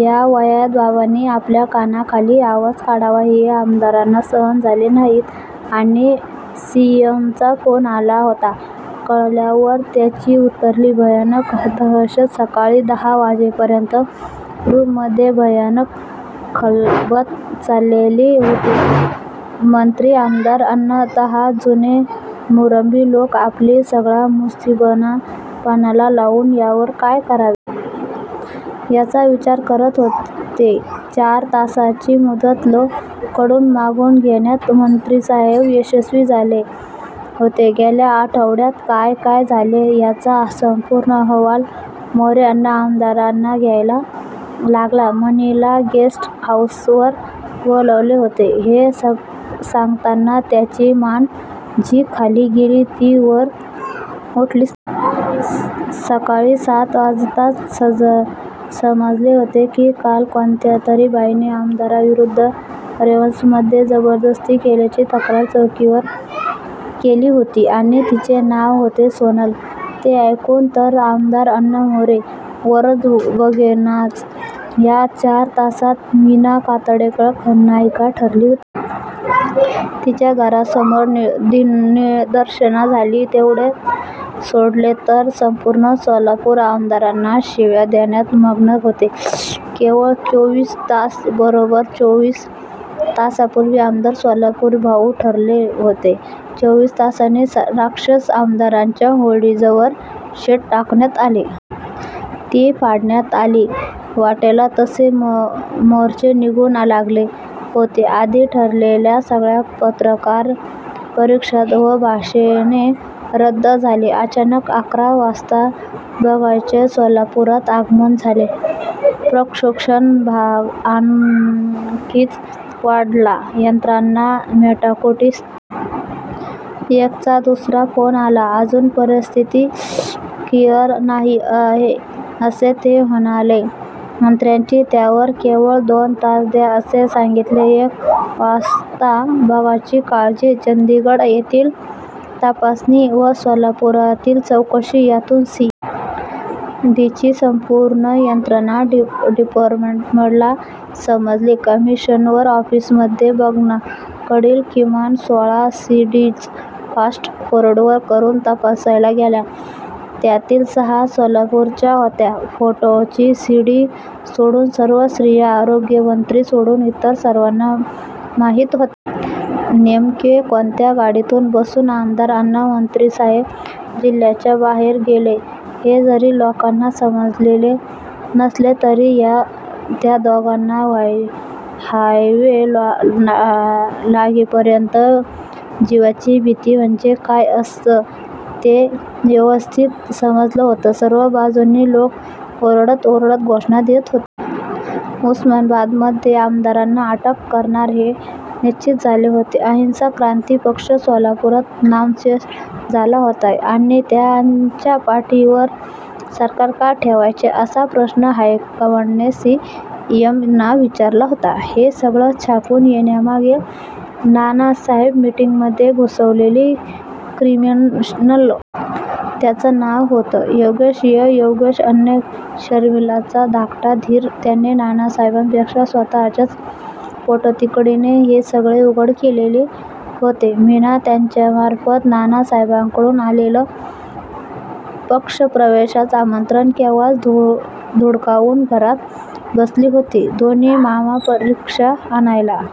या वयात बाबांनी आपल्या कानाखाली आवाज काढावा हे आमदारांना सहन झाले नाही. आणि सी. एम. चा फ़ोन आला होता. कळल्यावर त्यांची उतरली. भयानक दहशत! सकाळी दहा वाजेपर्यंत रूममधे भयानक खलबंतं चाललेली होती. मंत्री, आमदार अन दहा जुने मुरब्बी लोक आपली सगळा मुत्सद्दीपणा पणाला लावून यावर काय करावे. याचा विचार करत होते. चार तासाची मुदत लॊ कडून मागून घेण्यात मंत्रीसाहेब यशस्वी झाले होते. गेल्या आठवड्यात काय काय झाले. याचा संपूर्ण अहवाल मोरे अन आमदारांना द्यायला लागला. मीनाला गेस्ट हाऊसवर बोलवले होते हे सांगताना त्यांची मान जी खाली गेली, ती वर उठलीच नाही. सकाळी सात वाजताच समजले होते. की काल कोणत्यातरी बाईने आमदारांविरुद्ध रेव्हन्समधे जबरदस्ती केल्याची तक्रार चौकीवर केली होती. आणि तिचे नाव होते सोनल! ते ऐकून तर आमदार अन मोरे वरच बघेचनात! या चार तासात मीना कातगडे खलनायिका ठरली होती. तिच्या घरासमोर निदर्शने झाली. तेवढे सोडले तर संपूर्ण सोलापूर आमदारांना शिव्या देण्यात मग्न होते. केवळ चोवीस तास! बरोब्बर चोवीस तासांपुर्वी आमदार 'सोलापूरचे भाऊ' ठरले होते. चोवीस तासांनी राक्षस! आमदारांच्या होर्डिंग्जवर शेण टाकण्यात आले. ती फ़ाडण्यात आली. वाट्टेल तसे मोर्चे निघू लागले होते. आधी ठरलेल्या सगळ्या पत्रकार परिषदा व भाषणे रद्द झाली. अचानक अकरा वाजता बग्गाचे सोलापुरात आगमन झाले. प्रक्षोभ आणखीनच वाढला. यंत्रणा मेटाकुटीस आल्या. बारा वाजता सी. एम. चा दुसरा फ़ोन आला. अजून परिस्थिती क्लीअर नाही आहे असे ते म्हणाले. मंत्र्यांनी त्यावर 'केवळ दोन तास द्या' असे सांगीतले. एक वाजता बग्गाची कालची चंदीगड येथील तपासणी व सोलापुरातील चौकशी यातून सी. डी. ची संपूर्ण यंत्रणा डिपार्टमेंटला समजली. कमिशनर ऒफ़ीसमधे बग्गाकडील किमान सोळा C. Ds fast forward करून तपासल्या गेल्या. त्यातील सहा सोलापूरच्या होत्या. फ़ोटोंची सी. डी. सोडून सर्व स्त्रिया आरोग्यमंत्री सोडून इतर सर्वांना माहीत होत्या. नेमके कोणत्या गाडीत बसून आमदार अन मंत्रीसाहेब जिल्ह्याच्या बाहेर गेले हे जरी लोकांना समजलेले नसले तरी त्या दोघांना हायवे लागेपर्यंत 'जीवाची भीती' म्हणजे काय असतं ते व्यवस्थित समजलं होतं! सर्व बाजूंनी लोक ओरडत-ओरडत घोषणा देत होते. उस्मानाबादमधे आमदारांना अटक करणार हे निश्चीत झाले होते. अहिंसा क्रान्ती पक्ष सोलापुरात नामशेष झाला होता. आणि 'त्यांच्या पाठिंब्यावर सरकार का ठेवायचे' असा प्रश्न हायकमांडने सी. एम. ना विचारला होता. हे सगळं छापून येण्यामागे नानासाहेबांनी मीटिंगमधे घुसवलेला क्रिमिनल सायकॊलॊजीवाला माणूस होता. त्याच नाव होतं. योगेश.डॊ. योगेश अत्रे, शर्मिलाचा धाकटा दीर, त्याने नानासाहेबांपेक्षा स्वत:च्याच पोटतिडकीने हे सगळे उघड केलेले होते. मीना त्याच्यामार्फ़त नानासाहेबांकडून आलेलं पक्षप्रवेशाचं आमंत्रण केव्हाच धुडकावून घरात बसली होती. दोन्ही मामा रिक्षा आणायला--